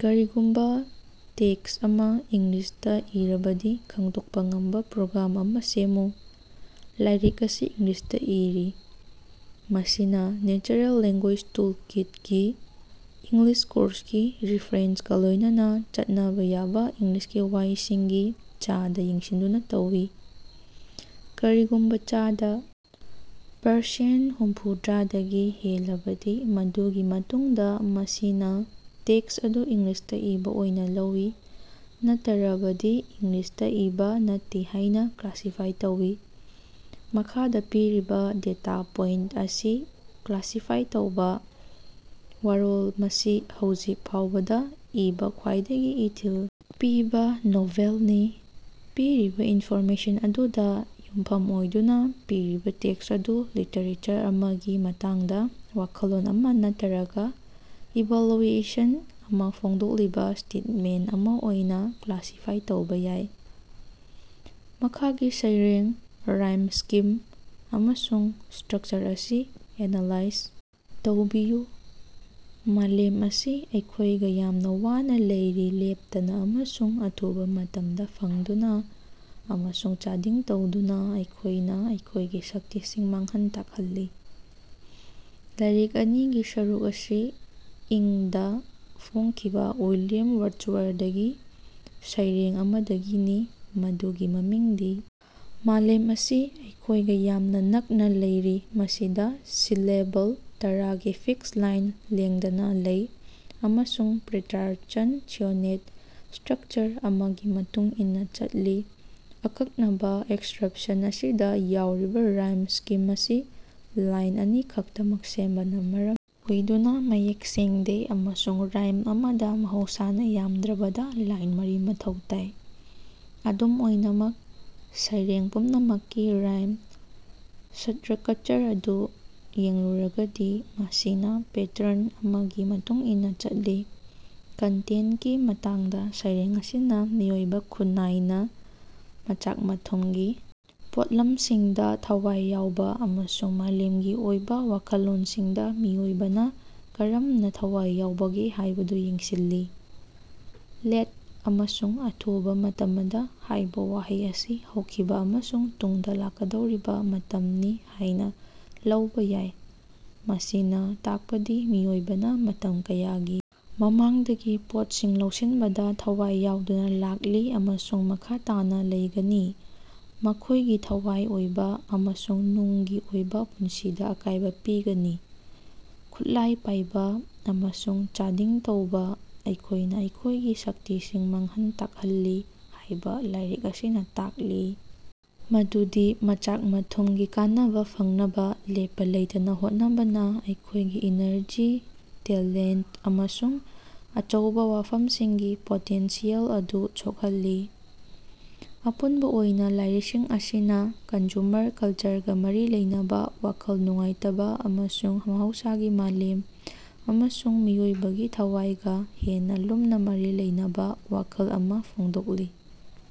ꯀꯔꯤꯒꯨꯝꯕ ꯇꯦꯛ꯭ꯁꯠ ꯑꯃ ꯏꯪꯂꯤꯁꯇ ꯏꯔꯕꯗꯤ ꯈꯡꯗꯣꯛꯄ ꯉꯝꯕ ꯄ꯭ꯔꯣꯒ꯭ꯔꯥꯝ ꯑꯃ ꯁꯦꯝꯃꯨ꯫ ꯂꯥꯏꯔꯤꯛ ꯑꯁꯤ ꯏꯪꯂꯤꯁꯇ ꯏꯔꯤ꯫ ꯃꯁꯤꯅ ꯅꯦꯆꯔꯦꯜ ꯂꯦꯡꯒꯣꯏ꯭ꯁ ꯇꯨꯜ ꯀꯤꯠ ꯒꯤ ꯏꯪꯂꯤꯁ ꯀꯣꯔ꯭ꯁꯀꯤ ꯔꯤꯐ꯭ꯔꯦꯟꯁꯀꯥ ꯂꯣꯏꯅꯅ ꯆꯠꯅꯕ ꯌꯥꯕ ꯏꯪꯂꯤꯁꯀꯤ ꯋꯥꯍꯩꯁꯤꯡꯒꯤ ꯆꯥꯗ ꯌꯦꯡꯁꯤꯟꯗꯨꯅ ꯇꯧꯏ꯫ ꯀꯔꯤꯒꯨꯝꯕ ꯆꯥꯗ ꯄꯔꯁꯦꯟ ꯍꯨꯝꯐꯨꯗ꯭ꯔꯥꯗꯒꯤ ꯍꯦꯜꯂꯕꯗꯤ ꯃꯗꯨꯒꯤ ꯃꯇꯨꯡꯗ ꯃꯁꯤꯅ ꯇꯦꯛꯁ꯭ꯠ ꯑꯗꯨ ꯏꯪꯂꯤꯁꯇ‌ ꯏꯕꯥ ꯑꯣꯏꯅ ꯂꯧꯏ, ꯅꯠꯇꯔꯕꯗꯤ ꯏꯪꯂꯤꯁꯇ ꯏꯕꯥ ꯅꯠꯇꯦ ꯍꯥꯏꯅ ꯀ꯭ꯂꯥꯁꯤꯐꯥꯏ ꯇꯧꯏ꯫ ꯃꯈꯥꯗ ꯄꯤꯔꯤꯕ ꯗꯦꯇꯥ ꯄꯣꯏꯟꯇ ꯑꯁꯤ ꯀ꯭ꯂꯥꯁꯤꯐꯥꯏ ꯇꯧꯕ꯫ ꯋꯥꯔꯣꯜ ꯃꯁꯤ ꯍꯧꯖꯤꯛ ꯐꯥꯎꯕꯗ‌ ꯏꯕꯥ ꯈ꯭ꯋꯥꯏꯗꯒꯤ ꯏꯊꯤꯜ ꯄꯤꯕ ꯅꯣꯚꯦꯜꯅꯤ꯫ ꯄꯤꯔꯤꯕ ꯏꯟꯐꯣꯔꯃꯦꯁꯟ ꯑꯗꯨꯗ ꯌꯨꯝꯐꯝ ꯑꯣꯏꯗꯨꯅ ꯄꯤꯔꯤꯕ ꯇꯦꯛꯁ꯭ꯠ ꯑꯗꯨ ꯂꯤꯇꯔꯦꯆꯔ ꯑꯃꯒꯤ ꯃꯇꯥꯡꯗ ꯋꯥꯈꯜꯂꯣꯟ ꯑꯃ ꯅꯠꯇꯔꯒ ꯏꯚꯥꯂ꯭ꯌꯨꯑꯦꯁꯟ ꯑꯃ ꯐꯣꯡꯗꯣꯛꯂꯤꯕ ꯁ꯭ꯇꯦꯠꯃꯦꯟꯇ ꯑꯃ ꯑꯣꯏꯅ ꯀ꯭ꯂꯥꯁꯤꯐꯥꯏ ꯇꯧꯕ ꯌꯥꯏ꯫ ꯃꯈꯥꯒꯤ ꯁꯩꯔꯦꯡ, ꯔꯥꯏꯝ ꯁ꯭ꯀꯤꯝ ꯑꯃꯁꯨꯡ ꯁ꯭ꯇꯔꯛꯆꯔ ꯑꯁꯤ ꯑꯦꯅꯥꯂꯥꯏꯖ ꯇꯧꯕꯤꯌꯨ꯫ ꯃꯥꯂꯦꯝ ꯑꯁꯤ ꯑꯩꯈꯣꯏꯒ ꯌꯥꯝꯅ ꯋꯥꯅ ꯂꯩꯔꯤ ꯂꯦꯞꯇꯅ ꯑꯃꯁꯨꯡ ꯑꯊꯨꯕ ꯃꯇꯝꯗ ꯐꯪꯗꯨꯅ ꯑꯃꯁꯨꯡ ꯆꯥꯗꯤꯡ ꯇꯧꯗꯨꯅ ꯑꯩꯈꯣꯏꯅ ꯑꯩꯈꯣꯏꯒꯤ ꯁꯛꯇꯤꯁꯤꯡ ꯃꯥꯡꯍꯟ ꯇꯥꯛꯍꯜꯂꯤ꯫ ꯂꯥꯏꯔꯤꯛ ꯑꯅꯤꯒꯤ ꯁꯔꯨꯛ ꯑꯁꯤ ꯏꯪ ꯗꯥ ꯐꯣꯡꯈꯤꯕ ꯋꯤꯂꯤꯌꯝ ꯋꯥꯔꯗ꯭ꯁꯋꯔꯗꯀꯤ ꯁꯩꯔꯦꯡ ꯑꯃꯗꯒꯤꯅꯤ, ꯃꯗꯨꯒꯤ ꯃꯃꯤꯡꯗꯤ ꯃꯥꯂꯦꯝ ꯑꯁꯤ ꯑꯩꯈꯣꯏꯒ ꯌꯥꯝꯅ ꯅꯛꯅ ꯂꯩꯔꯤ꯫ ꯃꯁꯤꯗ ꯁꯤꯂꯦꯕꯜ ꯇꯔꯥꯒꯤ ꯐꯤꯛꯁ ꯂꯥꯏꯟ ꯂꯦꯡꯗꯅ ꯂꯩ ꯑꯃꯁꯨꯡ ꯄꯦꯇ꯭ꯔꯥꯔꯆꯟ ꯁꯣꯅꯦꯠ ꯁ꯭ꯇꯔꯛꯆꯔ ꯑꯃꯒꯤ ꯃꯇꯨꯡ ꯏꯟꯅ ꯆꯠꯂꯤ꯫ ꯑꯀꯛꯅꯕ ꯑꯦꯛꯁꯔꯞꯁꯟ ꯑꯁꯤꯗ ꯌꯥꯎꯔꯤꯕ ꯔꯥꯏꯝ ꯁ꯭ꯀꯤꯝ ꯑꯁꯤ ꯂꯥꯏꯟ ꯑꯅꯤ ꯈꯛꯇꯃꯛ ꯁꯦꯝꯕꯅ ꯃꯔꯝ ꯑꯣꯏꯗꯨꯅ ꯃꯌꯦꯛ ꯁꯦꯡꯗꯦ, ꯑꯃꯁꯨꯡ ꯔꯥꯏꯝ ꯑꯃꯗ ꯃꯍꯧꯁꯥꯅ ꯌꯥꯝꯗ꯭ꯔꯕꯗ‌ ꯂꯥꯏꯟ ꯃꯔꯤ ꯃꯊꯧ ꯇꯥꯏ꯫ ꯑꯗꯨꯝ ꯑꯣꯏꯅꯃꯛ, ꯁꯩꯔꯦꯡ ꯄꯨꯝꯅꯃꯛꯀꯤ ꯔꯥꯏꯝ ꯁꯠꯇ꯭ꯔꯀꯆꯔ ꯑꯗꯨ ꯌꯦꯡꯂꯨꯔꯒꯗꯤ ꯃꯁꯤꯅ ꯄꯦꯇ꯭ꯔꯟ ꯑꯃꯒꯤ ꯃꯇꯨꯡ ꯏꯟꯅ ꯆꯠꯂꯤ꯫ ꯀꯟꯇꯦꯟꯇꯀꯤ ꯃꯇꯥꯡꯗ ꯁꯩꯔꯦꯡ ꯑꯁꯤꯅ ꯃꯤꯑꯣꯏꯕ ꯈꯨꯟꯅꯥꯏꯅ ꯃꯆꯥꯛ-ꯃꯊꯨꯝꯒꯤ ꯄꯣꯠꯂꯝꯁꯤꯡꯗ ꯊꯋꯥꯏ ꯌꯥꯎꯕ ꯑꯃꯁꯨꯡ ꯃꯥꯂꯦꯝꯒꯤ ꯑꯣꯏꯕ ꯋꯥꯈꯜꯂꯣꯟꯁꯤꯡꯗ ꯃꯤꯑꯣꯏꯕꯅ ꯀꯔꯝꯅ ꯊꯋꯥꯏ ꯌꯥꯎꯕꯒꯦ ꯍꯥꯢꯕꯗꯨ ꯌꯦꯡꯁꯤꯜꯂꯤ꯫ ꯂꯦꯠ ꯑꯃꯁꯨꯡ ꯑꯊꯨꯕꯥ ꯃꯇꯃꯗ ꯍꯥꯏꯕ ꯋꯥꯍꯩ ꯑꯁꯤ ꯍꯧꯈꯤꯕ ꯑꯃꯁꯨꯡ ꯇꯨꯡꯗ ꯂꯥꯛꯀꯗꯧꯔꯤꯕ ꯃꯇꯝꯅꯤ ꯍꯥꯢꯅ ꯂꯧꯕ ꯌꯥꯏ, ꯃꯁꯤꯅ ꯇꯥꯛꯄꯗꯤ ꯃꯤꯑꯣꯏꯕꯅ ꯃꯇꯝ ꯀꯌꯥꯒꯤ ꯃꯃꯥꯡꯗꯒꯤ ꯄꯣꯠꯁꯤꯡ ꯂꯧꯁꯤꯟꯕꯗ ꯊꯋꯥꯏ ꯌꯥꯎꯗꯨꯅ ꯂꯥꯛꯂꯤ ꯑꯃꯁꯨꯡ ꯃꯈꯥ ꯇꯥꯅ ꯂꯩꯒꯅꯤ, ꯃꯈꯣꯏꯒꯤ ꯊꯋꯥꯏ ꯑꯣꯏꯕ ꯑꯃꯁꯨꯡ ꯅꯨꯡꯒꯤ ꯑꯣꯏꯕ ꯄꯨꯟꯁꯤꯗ ꯑꯀꯥꯏꯕ ꯄꯤꯒꯅꯤ꯫ ꯈꯨꯠꯂꯥꯏ ꯄꯥꯏꯕ ꯑꯃꯁꯨꯡ ꯆꯥꯗꯤꯡ ꯇꯧꯕ ,ꯑꯩꯈꯣꯏꯅ ꯑꯩꯈꯣꯏꯒꯤ ꯁꯛꯇꯤꯁꯤꯡ ꯃꯥꯡꯍꯟ ꯇꯥꯛꯍꯜꯂꯤ ꯍꯥꯏꯕ ꯂꯥꯏꯔꯤꯛ ꯑꯁꯤꯅ ꯇꯥꯛꯂꯤ ꯃꯗꯨꯗꯤ ꯃꯆꯥꯛ-ꯃꯊꯨꯝꯒꯤ ꯀꯥꯟꯅꯕ ꯐꯪꯅꯕ ꯂꯦꯞꯄ ꯂꯩꯇꯅ ꯍꯣꯠꯅꯕꯅ ꯑꯩꯈꯣꯏꯒꯤ ꯏꯅꯔꯖꯤ, ꯇꯦꯂꯦꯟꯇ ꯑꯃꯁꯨꯡ ꯑꯆꯧꯕ ꯋꯥꯐꯝꯁꯤꯡꯒꯤ ꯄꯣꯇꯦꯟꯁꯤꯌꯦꯜ ꯑꯗꯨ ꯁꯣꯛꯍꯜꯂꯤ꯫ ꯑꯄꯨꯟꯕ ꯑꯣꯏꯅ ꯂꯥꯏꯔꯤꯛꯁꯤꯡ ꯑꯁꯤꯅ ꯀꯟꯖꯨꯃꯔ ꯀꯜꯆꯔꯒ ꯃꯔꯤ ꯂꯩꯅꯕ ꯋꯥꯈꯜ ꯅꯨꯡꯉꯥꯏꯇꯕ ꯑꯃꯁꯨꯡ ꯃꯍꯧꯁꯥꯒꯤ ꯃꯥꯂꯦꯝ ꯑꯃꯁꯨꯡ ꯃꯤꯑꯣꯏꯕꯒꯤ ꯊꯋꯥꯏꯒ ꯍꯦꯟꯅ ꯂꯨꯝꯅ ꯃꯔꯤ ꯂꯩꯅꯕ ꯋꯥꯈꯜ ꯑꯃ ꯐꯣꯡꯗꯣꯛꯂꯤ꯫